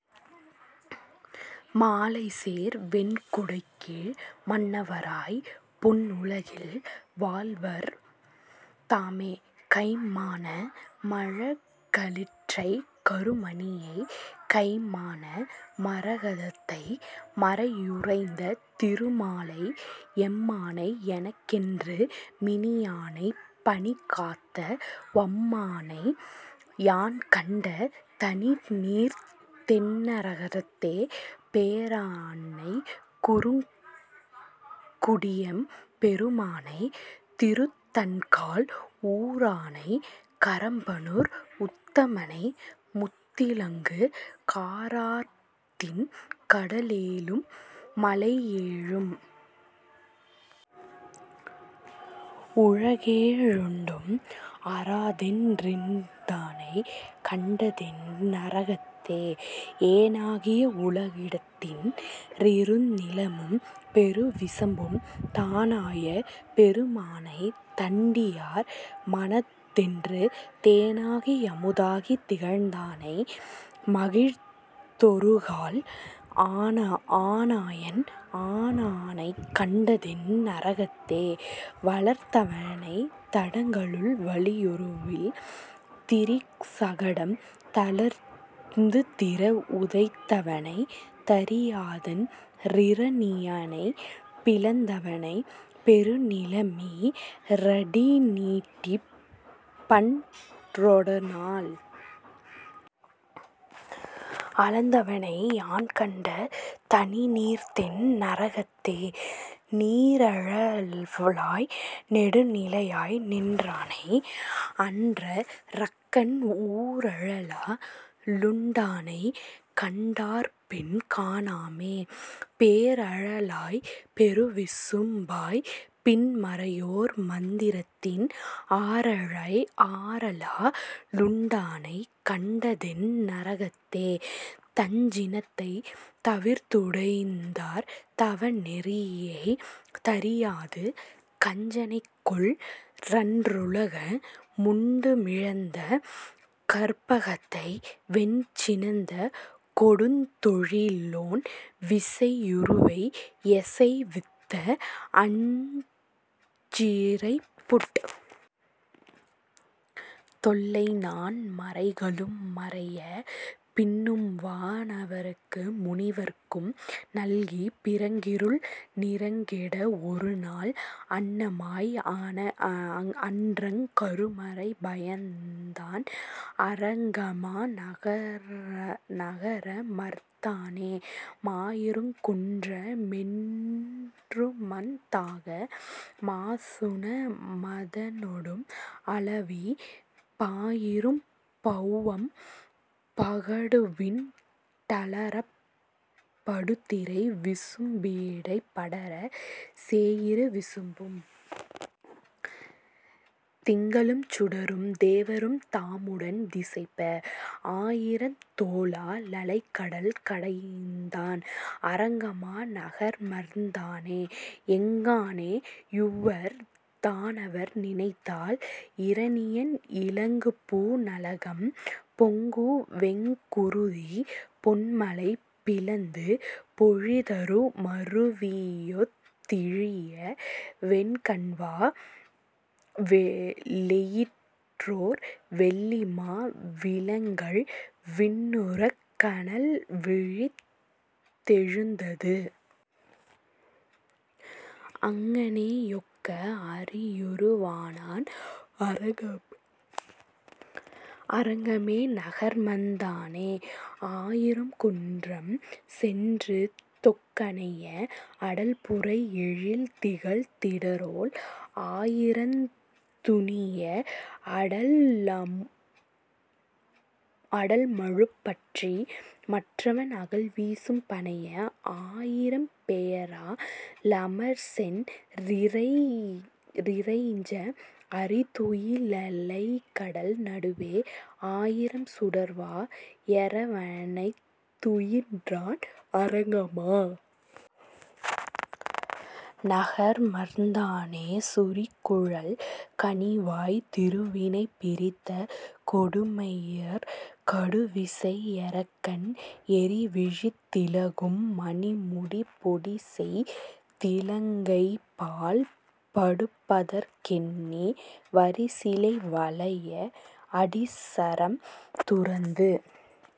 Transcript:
மாலைசேர் வெண்குடைக்கீழ் மன்னவராய்ப் பொன்னுலகில் வாழ்வர் தாமே கைம்மான மழகளிற்றைக் கருமணியை, மைம்மான மரகதத்தை மறையுரைத்த திருமாலை, எம்மானை எனக்கென்று மினியானைப் பனிகாத்த வம்மானை, யான்கண்ட தணிநீர்த் தென் னரங்கத்தே பேரானைக் குறுங்குடியெம் பெருமானை, திருதண்கால் ஊரானைக் கரம்பனூர் உத்தமனை, முத்திலங்கு காரார்த்திண் கடலேழும் மலையேழிவ் வுலகேழுண்டும், அராதென் றிருந்தானைக் கண்டதுதென் னரங்கத்தே ஏனாகி யுலகிடந்தன் றிருநிலனும் பெருவிசும்பும், தானாய பெருமானைத் தன்னடியார் மனத்தென்றும் தேனாகி யமுதாகித் திகழ்ந்தானை, மகிழ்ந்தொருகால் ஆனாயன் ஆனானைக் கண்டதுதென் னரங்கத்தே வளர்ந்தவனைத் தடங்கடலுள் வலியுருவில் திரிசகடம், தளர்ந்துதிர வுதைத்தவனைத் தரியாதன் றிரணியனைப் பிளந்தவனை, பெருநிலமீ ரடிநீட்டிப் பண்டொருநாள் அளந்தவனை, யான்கண்ட தணிநீர்த்தென் னரங்கத்தே நீரழலாய் நெடுநிலனாய் நின்றானை, அன்றரக்கன் ஊரழலா லுண்டானைக் கண்டார்பின் காணாமே, பேரழலாய்ப் பெருவிசும்பாய்ப் பின்மறையோர் மந்திரத்தின், ஆரழலா லுண்டானைக் கண்டதுதென் னரங்கத்தே தஞ்சினத்தைத் தவிர்த்தடைந்தார் தவநெறியை, தரியாது கஞ்சனைக்கொன் றன்றுலக முண்டுமிழ்ந்த கற்பகத்தை, வெஞ்சினத்த கொடுந்தொழிலோன் விசையுருவை யசைவித்த, அஞ்சிறைப்புட் தொல்லைநான் மறைகளும் மறைய, பின்னும்வா னவர்க்கும் முனிவர்க்கும் நல்கிப் பிறங்கிருள் நிறங்கெட, ஒருநாள் அன்னமாய் அன்றங் கருமறை பயந்தான் அரங்கமா நகரமர்ந் தானே மாயிருங் குன்ற மொன்றுமத் தாக மாசுண மதனொடும் அளவி, பாயிரும் பௌவம் பகடுவிண் டலறப் படுதிரை விசும்பிடைப் படர, சேயிரு விசும்பும் திங்களும் சுடரும் தேவரும் தாமுடன் திசைப்ப, ஆயிரந் தோளா லலைகடல் கடைந்தான் அரங்கமா நகரமர்ந் தானே எங்ஙானே யுய்வர் தானவர் நினைந்தால் இரணியன் இலங்குபூ ணகலம், பொங்குவெங் குருதி பொன்மலை பிளந்து பொழிதரு மருவியொத் திழிய, வெங்கண்வா ளெயிற்றோர் வெள்ளிமா விலங்கல் விண்ணுறக் கனல்விழித் தெழுந்தது, அங்ஙனே யொக்க அரியுரு வானான் அரங்கமா நகரமர்ந் தானே ஆயிரும் குன்றம் சென்றுதொக் கனைய அடல்புரை யெழில்திகழ் திரடோள், ஆயிரந் துணிய அடல்மழுப் பற்றி மற்றவன் அகல்விசும் பணைய, ஆயிரம் பெயரா லமர்சென் றிறைஞ்ச அறிதுயி லலைகடல் நடுவே, ஆயிரம் சுடர்வா யரவணைத் துயின்றான் அரங்கமா நகரமர்ந் தானே சுரிகுழல் கனிவாய்த் திருவினைப் பிரித்த கொடுமையிற் கடுவிசை யரக்கன், எரிவிழித் திலங்கு மணிமுடி பொடிசெய் திலங்கைபாழ் படுப்பதற் கெண்ணி, வரிசிலை வளைய அடிசரம் துரந்து